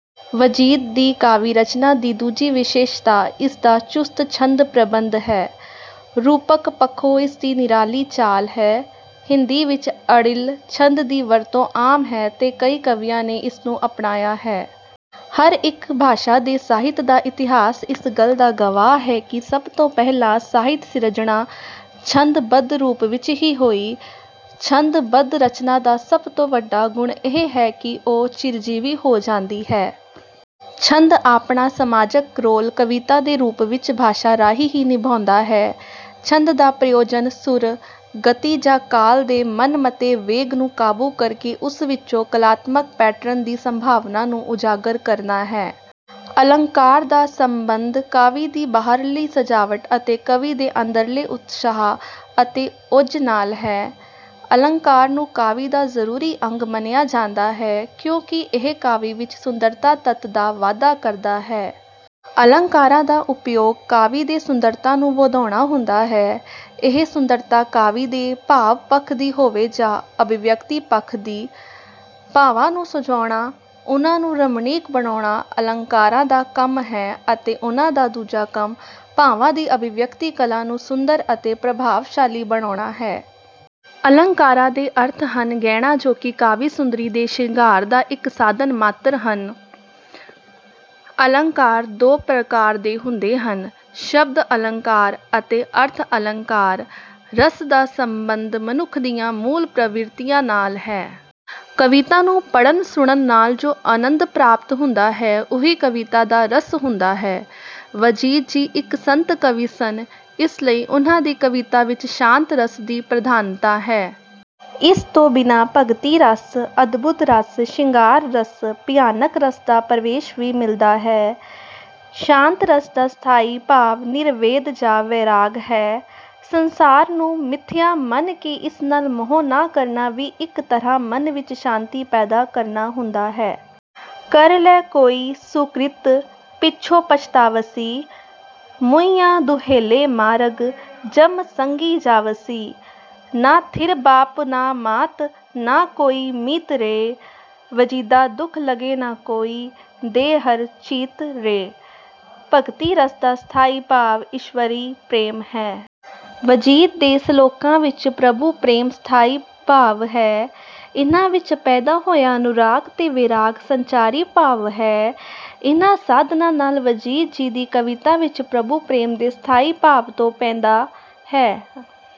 ਵਜੀਦ ਦੀ ਕਾਵਿ ਰਚਨਾ ਦੀ ਦੂਜੀ ਵਿਸ਼ੇਸ਼ਤਾ ਇਸਦਾ ਚੁਸਤ ਛੰਦ ਪ੍ਰਬੰਧ ਹੈ। ਰੂਪਕ ਪੱਖੋਂ ਇਸਦੀ ਨਿਰਾਲੀ ਚਾਲ ਹੈ। ਹਿੰਦੀ ਵਿੱਚ ਅੜਿੱਲ ਛੰਦ ਦੀ ਵਰਤੋਂ ਆਮ ਹੈ ਤੇ ਕਈ ਕਵੀਆਂ ਨੇ ਇਸਨੂੰ ਅਪਣਾਇਆ ਹੈ। ਹਰ ਇੱਕ ਭਾਸ਼ਾ ਦੇ ਸਾਹਿਤ ਦਾ ਇਤਿਹਾਸ ਇਸ ਗੱਲ ਦਾ ਗਵਾਹ ਹੈ ਕਿ ਸਭ ਤੋਂ ਪਹਿਲਾਂ ਸਾਹਿਤ ਸਿਰਜਣਾ ਛੰਦ ਬੱਧ ਰੂਪ ਵਿੱਚ ਹੀ ਹੋਈ। ਛੰਦ ਬੱਧ ਰਚਨਾ ਦਾ ਸਭ ਤੋਂ ਵੱਡਾ ਗੁਣ ਇਹ ਹੈ ਕਿ ਉਹ ਚਿਰਜੀਵੀ ਹੋ ਜਾਂਦੀ ਹੈ। ਛੰਦ ਆਪਣਾ ਸਮਾਜਕ ਰੋਲ ਕਵਿਤਾ ਦੇ ਰੂਪ ਵਿੱਚ ਭਾਸ਼ਾ ਰਾਹੀਂ ਹੀ ਨਿਭਾਉਂਦਾ ਹੈ। ਛੰਦ ਦਾ ਪ੍ਰਯੋਜਨ ਸੁਰ, ਗਤੀ ਜਾਂ ਕਾਲ ਦੇ ਮਨਮਤੇ ਵੇਗ ਨੂੰ ਕਾਬੂ ਕਰਕੇ ਉਸ ਵਿੱਚੋਂ ਕਲਾਤਮਕ ਪੈਟਰਨ ਦੀ ਸੰਭਾਵਨਾ ਨੂੰ ਉਜਾਗਰ ਕਰਨਾ ਹੈ। ਅਲੰਕਾਰ ਦਾ ਸੰਬੰਧ ਕਾਵਿ ਦੀ ਬਾਹਰਲੀ ਸਜਾਵਟ ਅਤੇ ਕਵੀ ਦੇ ਅੰਦਰਲੇ ਉਤਸ਼ਾਹ ਅਤੇ ਓਜ ਨਾਲ ਹੈ। ਅਲੰਕਾਰ ਨੂੰ ਕਾਵਿ ਦਾ ਜ਼ਰੂਰੀ ਅੰਗ ਮੰਨਿਆ ਜਾਂਦਾ ਹੈ ਕਿਉਂਕਿ ਇਹ ਕਾਵਿ ਵਿੱਚ ਸੁੰਦਰਤਾ ਤੱਤ ਦਾ ਵਾਧਾ ਕਰਦਾ ਹੈ। ਅਲੰਕਾਰਾਂ ਦਾ ਉਪਯੋਗ ਕਾਵਿ ਦੇ ਸੁੰਦਰਤਾ ਨੂੰ ਵਧਾਉਣਾ ਹੁੰਦਾ ਹੈ। ਇਹ ਸੁੰਦਰਤਾ ਕਾਵਿ ਦੇ ਭਾਵ ਪੱਖ ਦੀ ਹੋਵੇ ਜਾਂ ਅਭਿਵਿਅਕਤੀ ਪੱਖ ਦੀ। ਭਾਵਾਂ ਨੂੰ ਸਜਾਉਣਾ, ਉਨ੍ਹਾਂ ਨੂੰ ਰਮਣੀਕ ਬਣਾਉਣਾ ਅਲੰਕਾਰਾਂ ਦਾ ਕੰਮ ਹੈ ਅਤੇ ਉਨ੍ਹਾਂ ਦਾ ਦੂਜਾ ਕੰਮ ਭਾਵਾਂ ਦੀ ਅਭਿਵਿਅਕਤੀ ਕਲਾ ਨੂੰ ਸੁੰਦਰ ਅਤੇ ਪ੍ਰਭਾਵਸ਼ਾਲੀ ਬਣਾਉਣਾ ਹੈ। ਅਲੰਕਾਰਾ ਦੇ ਅਰਥ ਹਨ ਗਹਿਣਾ ਜੋ ਕਿ ਕਾਵਿ ਸੁੰਦਰੀ ਦੇ ਸ਼ਿੰਗਾਰ ਦਾ ਇੱਕ ਸਾਧਨ ਮਾਤਰ ਹਨ। ਅਲੰਕਾਰ ਦੋ ਪ੍ਰਕਾਰ ਦੇ ਹੁੰਦੇ ਹਨ ਸ਼ਬਦ ਅਲੰਕਾਰ ਅਤੇ ਅਰਥ ਅਲੰਕਾਰ। ਰਸ ਦਾ ਸੰਬੰਧ ਮਨੁੱਖ ਦੀਆਂ ਮੂਲ ਪ੍ਰਵਿਰਤੀਆਂ ਨਾਲ ਹੈ। ਕਵਿਤਾ ਨੂੰ ਪੜ੍ਹਨ ਸੁਣਨ ਨਾਲ ਜੋ ਅਨੰਦ ਪ੍ਰਾਪਤ ਹੁੰਦਾ ਹੈ ਉਹੀ ਕਵਿਤਾ ਦਾ ਰਸ ਹੁੰਦਾ ਹੈ। ਵਜੀਦ ਜੀ ਇੱਕ ਸੰਤ ਕਵੀ ਸਨ, ਇਸ ਲਈ ਉਨ੍ਹਾਂ ਦੀ ਕਵਿਤਾ ਵਿੱਚ ਸ਼ਾਂਤ ਰਸ ਦੀ ਪ੍ਰਧਾਨਤਾ ਹੈ। ਇਸ ਤੋਂ ਬਿਨਾਂ ਭਗਤੀ ਰਸ, ਅਦਭੁਤ ਰਸ, ਸ਼ਿੰਗਾਰ ਰਸ, ਭਿਆਨਕ ਰਸ ਦਾ ਪ੍ਰਵੇਸ਼ ਵੀ ਮਿਲਦਾ ਹੈ। ਸ਼ਾਂਤ ਰਸ ਦਾ ਸਥਾਈ ਭਾਵ ਨਿਰਵੇਦ ਜਾਂ ਵੈਰਾਗ ਹੈ। ਸੰਸਾਰ ਨੂੰ ਮਿਥਿਆ ਮੰਨ ਕੇ ਇਸ ਨਾਲ ਮੋਹ ਨਾ ਕਰਨਾ ਵੀ ਇੱਕ ਤਰ੍ਹਾਂ ਮਨ ਵਿੱਚ ਸ਼ਾਂਤੀ ਪੈਦਾ ਕਰਨਾ ਹੁੰਦਾ ਹੈ। "ਕਰ ਲੈ ਕੋਈ ਸੁਕ੍ਰਿਤ, ਪਿਛੋਂ ਪਛਤਾਵਸੀ। ਮੁਇਆਂ ਦੁਹੇਲੇ ਮਾਰਗ, ਜਮ ਸੰਗਿ ਜਾਵਸੀ। ਨਾ ਥਿਰ ਬਾਪੁ ਨ ਮਾਤੁ, ਨ ਕੋਈ ਮੀਤ ਰੇ। ਵਜੀਦਾ ਦੁਖ ਲਗੇ ਨ ਕੋਇ, ਦੇ ਹਰਿ ਚੀਤੁ ਰੇ।" ਭਗਤੀ ਰਸ ਦਾ ਸਥਾਈ ਭਾਵ ਈਸ਼ਵਰੀ ਪ੍ਰੇਮ ਹੈ। ਵਜੀਦ ਦੇ ਸਲੋਕਾਂ ਵਿੱਚ ਪ੍ਰਭੂ ਪ੍ਰੇਮ ਸਥਾਈ ਭਾਵ ਹੈ। ਇਨ੍ਹਾਂ ਵਿੱਚ ਪੈਦਾ ਹੋਇਆ ਅਨੁਰਾਗ ਤੇ ਵੈਰਾਗ ਸੰਚਾਰੀ ਭਾਵ ਹੈ। ਇਨ੍ਹਾਂ ਸਾਧਨਾਂ ਨਾਲ ਵਜੀਦ ਜੀ ਦੀ ਕਵਿਤਾ ਵਿੱਚ ਪ੍ਰਭੂ ਪ੍ਰੇਮ ਦੇ ਸਥਾਈ ਭਾਵ ਤੋਂ ਪੈਂਦਾ ਹੈ।